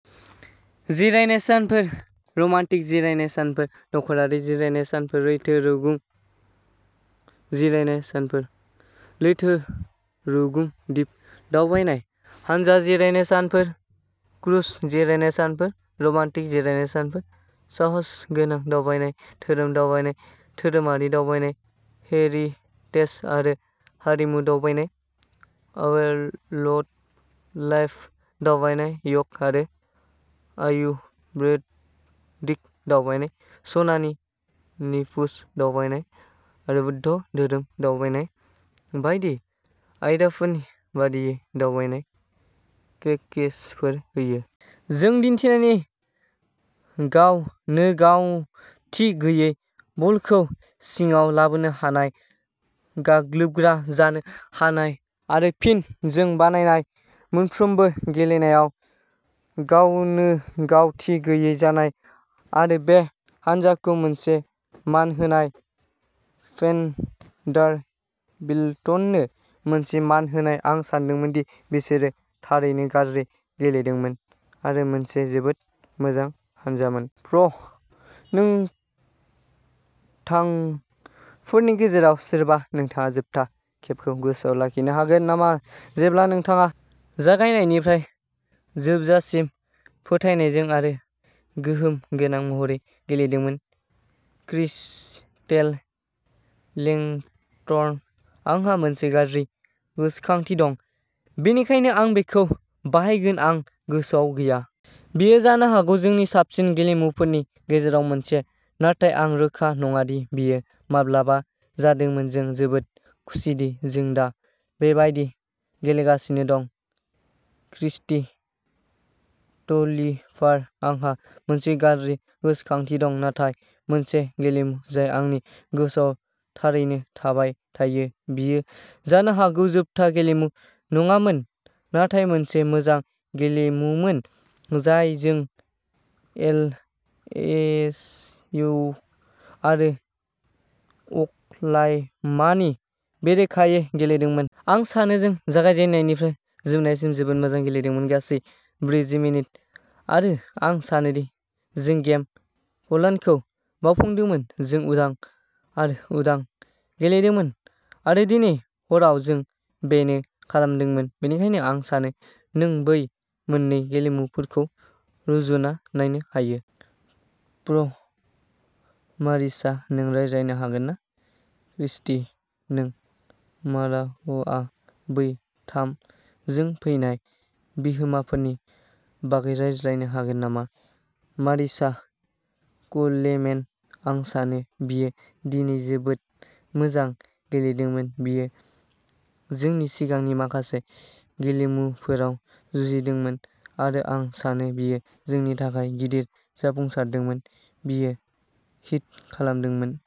जिरायनाय सानफोर, रमान्टिक जिरायनाय सानफोर, नखरारि जिरायनाय सानफोर, लैथो रुगुं जिरायनाय सानफोर, लैथो रुगुं दिप दावबायनाय, हानजा जिरायनाय सानफोर, क्रुज जिरायनाय सानफोर, रमान्टिक जिरायनाय सानफोर, साहसगोनां दावबायनाय, धोरोम दावबायनाय धोरोमारि दावबायनाय, हेरिटेज आरो हारिमु दावबायनाय, वाइल्डलाइफ दावबायनाय, य'ग आरो आयुर्बेदिक दावबायनाय, सनानि त्रिभुज दावबायनाय आरो बौद्ध धोरोम दावबायनाय बायदि आयदाफोरनि बायदियै दावबायनाय पेकेजफोर होयो। जों दिन्थिनायनि गावनोगावथि गैयै, बलखौ सिङाव लाबोनो हानाय, गाग्लोबग्रा जानो हानाय आरो फिन जों बानायनाय मोनफ्रोमबो गेलेनायाव गावनोगावथि गैयै जानाय। आरो बे हान्जाखौ मोनसे मान होनाय, भेन्डारबिल्टनो मोनसे मान होनाय, आं सानदोंमोन दि बिसोरो थारैनो गाज्रि गेलेदोंमोन आरो मोनसे जोबोद मोजां हानजामोन। प्र नोंथांफोरनि गेजेराव सोरबा, नोंथाङा जोबथा खेबखौ गोसोआव लाखिनो हागोन नामा जेब्ला नोंथाङा जागायनायनिफ्राय जोबजासिम फोथायनायजों आरो गोहोम गोनां महरै गेलेदोंमोन? क्रिस्टेल लेंघर्न आंहा मोनसे गाज्रि गोसोखांथि दं, बेनिखायनो आं बेखौ बाहायगोन। आं गोसोआव गैया। बेयो जानो हागौ जोंनि साबसिन गेलेमुफोरनि गेजेराव मोनसे, नाथाय आं रोखा नङा दि बेयो माब्ला जादोंमोन। जों जोबोद खुसिदि जों दा बेबायदि गेलेगासिनो दं। क्रिस्टि टलिभार आंहा मोनसे गाज्रि गोसोखांथि दं। नाथाय मोनसे गेलेमु जाय आंनि गोसोआव थारैनो थाबाय थायो, बेयो जानो हागौ जोबथा गेलेमु नङामोन नाथाय मोनसे मोजां गेलेमुमोन जाय जों एलएसइउ आरो अक्लाह'मानि बेरेखायै गेलेदोंमोन। आं सानो जों जागायजेन्नायनिफ्राय जोबनायसिम जोबोद मोजां गेलेदोंमोन, गासै ब्रैजि मिनिट। आरो आं सानोदि जों गेम प्लानखौ मावफुंदोंमोन। जों उदां आरो उदां गेलेदोंमोन, आरो दिनै हराव जों बेनो खालामदोंमोन। बेनिखायनो आं सानो नों बै मोन्नै गेलेमुफोरखौ रुजुना नायनो हायो। प्र मारिसा, नों रायज्लायनो हागोन ना क्रिस्टि, नों माराहआ बै थाम जों फैनाय बिहोमाफोरनि बागै रायज्लायनो हागोन नामा? मारिसा कलेमेन आं सानो बियो दिनै जोबोद मोजां गेलेदोंमोन। बियो जोंनि सिगांनि माखासे गेलेमुफोराव जुजिदोंमोन आरो आं सानो बियो जोंनि थाखाय गिदिर जाफुंसारदोंमोन। बियो हिट खालामदोंमोन।